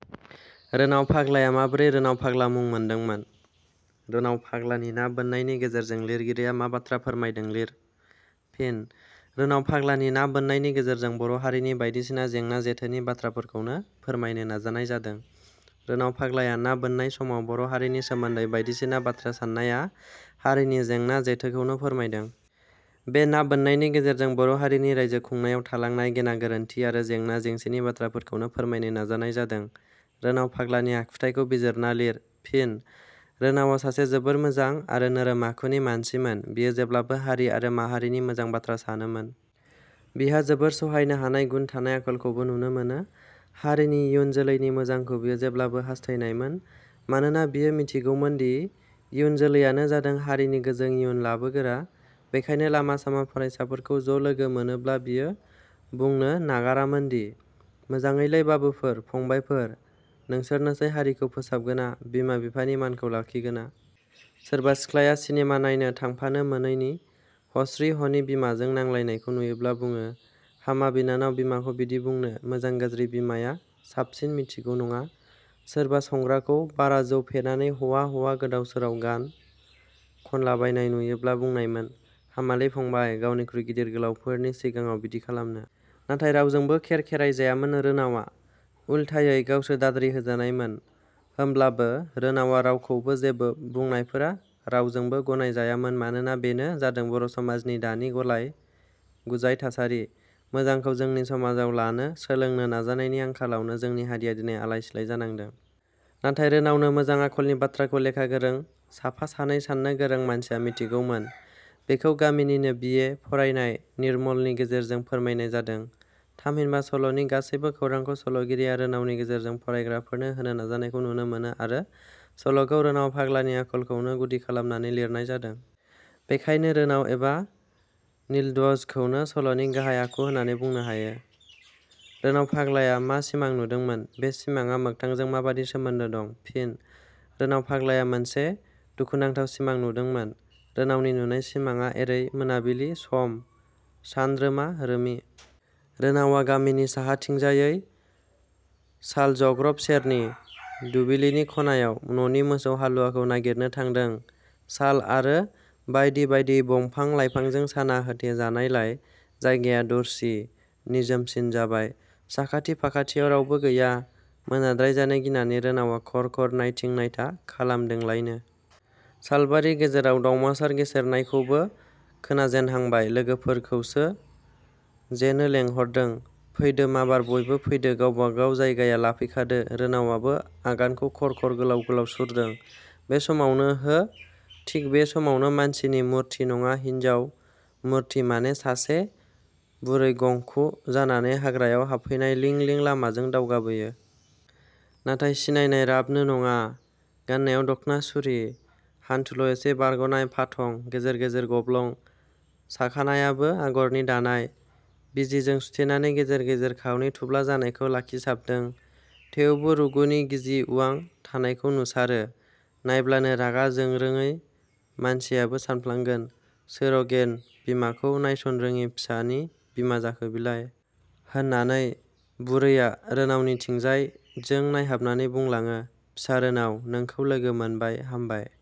रोनाव फाग्लाया माबोरै रोनाव फाग्ला मुं मोनदोंमोन? रोनाव फाग्लानि ना बोननायनि गेजेरजों लिरगिरिया मा बाथ्रा फोरमायदों लिर। फिनः रोनाव फाग्लानि ना बोननायनि गेजेरजों बर' हारिनि बायदिसिना जेंना जेथोनि बाथ्राफोरखौनो फोरमायनो नाजानाय जादों। रोनाव फाग्लाया ना बोननाय समाव बर' हारिनि सोमोन्दै बायदिसिना बाथ्रा साननाया हारिनि जेंना जेथोखौनो फोरमायदों। बे ना बोननायनि गेजेरजों बर' हारिनि रायजो खुंनायाव थालांनाय गेना गोरोन्थि आरो जेंना जेंसिनि बाथ्राफोरखौनो फोरमायनो नाजानाय जादों। रोनाव फाग्लानि आखुथाइखौ बिजिरना लिर। फिनः रोनावा सासे जोबोर मोजां आरो नोरोम आखुनि मानसिमोन। बियो जेब्लाबो हारि आरो माहारिनि मोजांनि बाथ्रा सानोमोन। बिहा जोबोर सहायनो हानाय गुन थानाय आखलखौबो नुनो मोनो। हारिनि इयुन जोलैनि मोजांखौ बियो जेब्लाबो हास्थायनायमोन। मानोना बियो मिथिगौमोनदि इयुन जोलैयानो जादों हारिनि गोजों इयुन लाबोगोरा। बेखायनो लामा सामा फरायसाफोरखौ ज' लोगो मोनोब्ला बियो बुंनो नागारामोनदि- मोजाङैलै बाबुफोर, फंबाइफोर, नोंसोरनोसै हारिखौ फोसाबगोना, बिमा बिफानि मानखौ लाखिगोना। सोरबा सिख्लाया सिनेमा नायनो थांफानो मोनैनि हस्रि हनि बिमाजों नांलायनायखौ नुयोब्ला बुङो- हामा बिनानाव बिमाखौ बिदि बुंनो, मोजां गाज्रि बिमाया साबसिन मिथिगौ नङा। सोरबा संग्राखौ बारा जौ फेनानै हवा हवा गोदाव सोराव गान खनलाबायनाय नुयोब्ला बुंनायमोन- हामालै 'फंबाइ, गावनिखुइ गिदिर गोलावफोरनि सिगाङाव बिदि खालामनो। नाथाय रावजोंबो खेर खेरायजायामोन रोनावा, उलथायै गावसो दाद्रि होजानायमोन। होमब्लाबो रोनावा रावखौबो जेबो बुंनायफोरा रावजोंबो गनायजायामोन मानोना बेनो जादों बर' समाजनि दानि गालाय गुजाय थासारि। मोजांखौ जोंनि समाजाव लानो, सोलोंनो नाजानायनि आंखालावनो जोंनि हारिया दिनै आलाय सिलाय जानादों। नाथाय रोनावनो मोजां आखलनि बाथ्राखौ लेखा गोरों साफा सानै साननो गोरों मानसिया मिथिगौमोन। बेखौ गामिनिनो बि. ए. फरायनाय निरमलनि गेजेरजों फोरमायनाय जादों। थामहिनबा सल 'नि गासैबो खौरांखौ सल 'गिरिया रोनावनि गेजेरजों फरायग्राफोरनो होनो नाजानायखौ नुनो मोनो आरो सल 'खौ रोनाव फाग्लानि आखलखौनो गुदि खालामनानै लिरनाय जादों। बेखायनो रोनाव एबा निलध्वजखौनो सल 'नि गाहाइ आखु होननानै बुंनो हायो। रोनाव फाग्लाया मा सिमां नुदोंमोन? बे सिमाङा मोगथांजों माबादि सोमोन्दो दं? फिनः रोनाव फाग्लाया मोनसे दुखु नांथाव सिमां नुदोंमोन। रोनावनि नुनाय सिमाङा एैरै मोनाबिलि सम, सानरोमा रोमि। रोनावा गामिनि साहाथिंजायै सालजग्रब सेरनि दुबिलिनि खनायाव न'नि मोसौ हालुवाखौ नागिरनो थांदों साल आरो बायदि बायदि बंफां लाइफांजों साना होथे जानायलाय जायगाया दरसि, निजोमसिन जाबाय। साखाथि फाखाथियाव रावबो गैया। मोनाद्रायजानो गिनानै रोनावा खर खर नायथिं नायथा खालामदोंलायनो। सालबारि गेजेराव दाउमासार गेसेर नायखौबो खोनाजेनहांबाय। लोगोफोरखौसो जेनो लेंहरदों- फैदो माबार बयबो फैदो गावबा गाव जायगाया लाफैखादो। रोनावाबो आगानखौ खर खर गोलाउ गोलाउ सुरदों। बे समावनो हो, थिग बे समावनो मानसिनि मुर्ति, नङा, हिनजाव मुर्ति माने सासे, बुरै गंखु जानानै हाग्रायाव हाबहैनाय लिं लिं लामाजों दावगाबोयो। नाथाय सिनायनाय राबनो नङा। गाननायाव दखना सुरि। हान्थुल' एसे बारग 'नाय, फाथं, गेजेर गेजेर गब्लं। साखानायाबो आगरनि दानाय। बिजिजों सुथेनानै गेजेर गेजेर खावनै थुब्ला जानायखौ लाखिसाबदों। थेवबो रुगुनि गिजि उवां थानायखौ नुसारो। नायब्लानो रागा जोंरोङै मानसियाबो सानफ्लांगोन, सोर अगेन, बिमाखौ नायसन रोङि फिसानि बिमा जाखो बिलाय? होननानै। बुरैया रोनावनिथिंजाय जों नायहाबनानै बुंलाङो। "फिसा रोनाव, नोंखौ लोगो मोनबाय हामबाय।